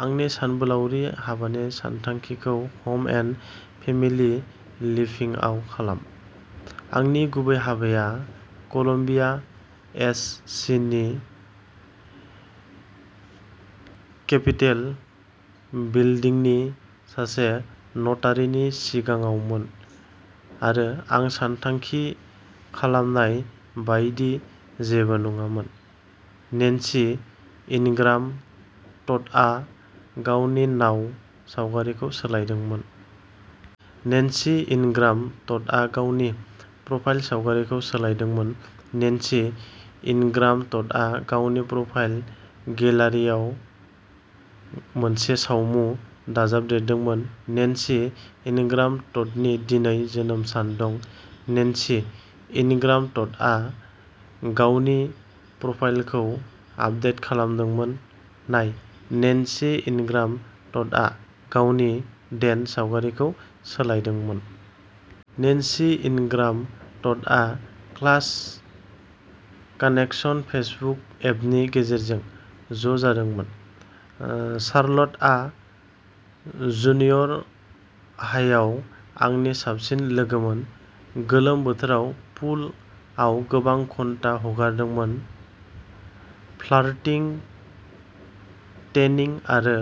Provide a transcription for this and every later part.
आंनि सानबोलावरि हाबानि सानथांखिखौ हम एन्ड फेमिलि लिभिंआव खालाम-- आंनि गुबै हाबाया कलम्बिया, एस. सि. नि केपिटेल बिल्दिंनि सासे नटारिनि सिगाङावमोन आरो आं सानथांखि खालामनाय बायदि जेबो नङामोन। नेन्सी इनग्राम ट'डआ गावनि "नाउ" सावगारिखौ सोलायदोंमोन। नेन्सी इनग्राम ट'डआ गावनि प्रफाइल सावगारिखौ सोलायदोंमोन। नेन्सी इनग्राम ट'डआ गावनि प्रफाइल गेलारियाव मोनसे सावमु दाजाबदेरदोंमोन। नेन्सी इनग्राम ट'डनि दिनै जोनोम सान दं। नेन्सी इनग्राम ट'डआ गावनि प्रफाइलखौ आपदेट खालामदोंमोन। नाय। नेन्सी इनग्राम ट'डआ गावनि "देन" सावगारिखौ सोलायदोंमोन। नेन्सी इनग्राम ट'डआ क्लास कानेकसन फेसबुक एपनि गेजेरजों ज'जादोंमोन। शार्लटआ जुनियर हाइआव आंनि साबसिन लोगोमोन-गोलोम बोथोराव "पुल" आव गोबां घन्टा हगारदोंमोन-फ्लार्टिं, टेनिं, आरो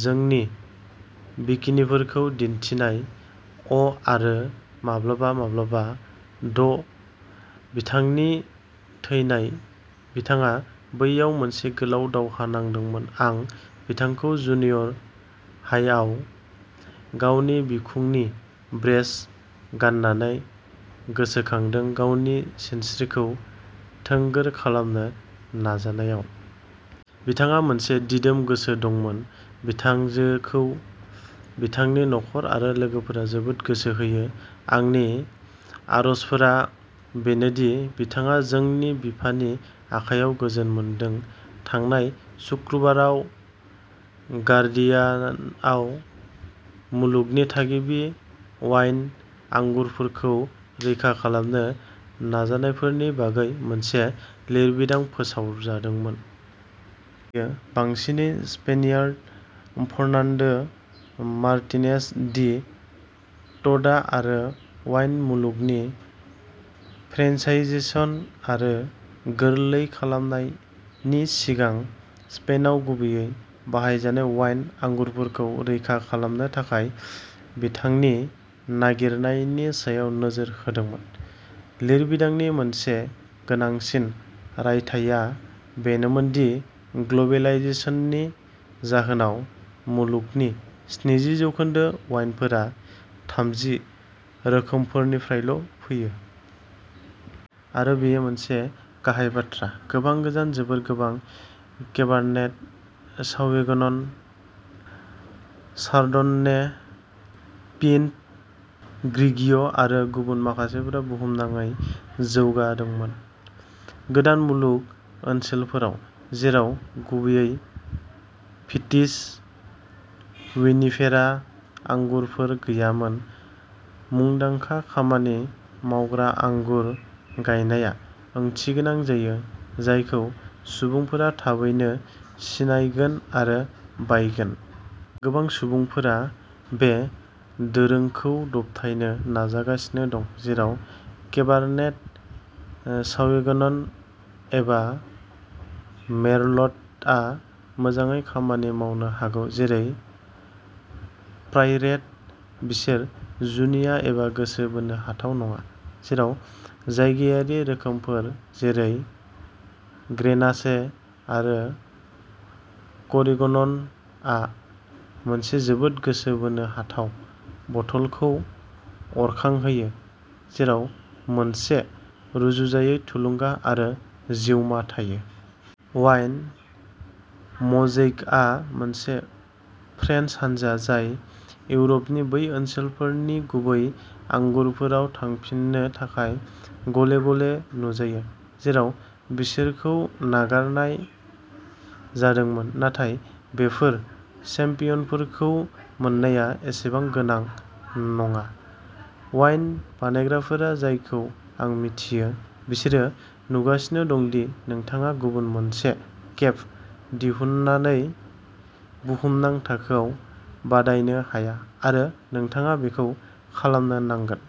जोंनि बिकिनीफोरखौ दिन्थिनाय-अ'आरो माब्लाबा माब्लाबा द बिथांनि थैनाय। बिथाङा बैयाव मोनसे गोलाव दावहा नांदोंमोन-आं बिथांखौ जुनियर हाइआव गावनि बिखुंनि ब्रेस गाननानै गोसोखांदों-गावनि सिनस्रिखौ थोंगोर खालामनो नाजानायाव। बिथांहा मोनसे दिदोम गोसो दंमोन। बिथांजोखौ बिथांनि नखर आरो लोगोफोरा जोबोद गोसो होयो। आंनि आरजफोरा बेनो दि बिथाङा जोंनि बिफानि आखायाव गोजोन मोनदों। थांनाय सुक्रुबाराव गार्डियानआव, मुलुगनि थागिबि वाइन आंगुरफोरखौ रैखा खालामनो नाजानायफोरनि बागै मोनसे लिरबिदां फोसावजादोंमोन। बेयो बांसिनै Spaniard, Fernando Martinez de Toda आरो वाइन मुलुगनि फ्रेन्साइजेसन आरो "गोरलै खालामनाय" नि सिगां स्पेनआव गुबैयै बाहायजानाय वाइन आंगुरफोरखौ रैखा खालामनो थाखाय बिथांनि नागिरनायनि सायाव नोजोर होदोंमोन। लिरबिदांनि मोनसे गोनांसिन रायथाइआ बेनोमोन दि ग्लबेलाइजेसननि जाहोनाव, "मुलुगनि स्नि जि जौखोन्दो वाइनफोरा थामजि रोखोमफोरनिफ्रायल'फैयो।" आरो बेयो मोनसे गाहाय बाथ्रा। गोबां गोजान, जोबोद गोबां केबारनेट साविगनन, चारडनने, पिनट ग्रिगिय'आरो गुबुन माखासेफोरा बुहुमनाङै जौगादोंमोन। गोदान मुलुग ओनसोलफोराव जेराव गुबैयै भिटिस विनिफेरा आंगुरफोर गैयामोन, मुंदांखा खामानि मावग्रा आंगुर गायनाया ओंथिगोनां जायो जायखौ सुबुंफोरा थाबैनो सिनायगोन आरो बायगोन। गोबां सुबुंफोरा बे दोरोंखौ दबथायनो नाजागासिनो दं, जेराव केबारनेट साविगनन एबा मेर्लटआ मोजाङै खामानि मावनो हागौ, जेरै प्रायरेट, बिसोर जुनिया एबा गोसो बोनो हाथाव नङा जेराव जायगायारि रोखोमफोर जेरै ग्रेनाचे आरो केरिगननआ मोनसे जोबोद गोसो बोनो हाथाव बथलखौ अरखांहोयो जेराव मोनसे रुजुजायै थुलुंगा आरो जिउमा थायो। वाइन म'जेइकआ मोनसे फ्रेन्स हानजा जाय इउर'पनि बै ओनसोलफोरनि गुबै आंगुरफोराव थांफिननो थाखाय गले-गले नुजायो जेराव बिसोरखौ नागारनाय जादोंमोन नाथाय बेफोर चेम्पियनफोरखौ मोननाया एसेबां गोनां नङा। वाइन बानायग्राफोरा जायखौ आं मिथियो, बिसोरो नुगासिनो दं दि नोंथाङा गुबुन मोनसे केब दिहुननानै बुहुमनां थाखोआव बादायनो हाया आरो नोंथाङा बेखौ खालामनो नांगोन।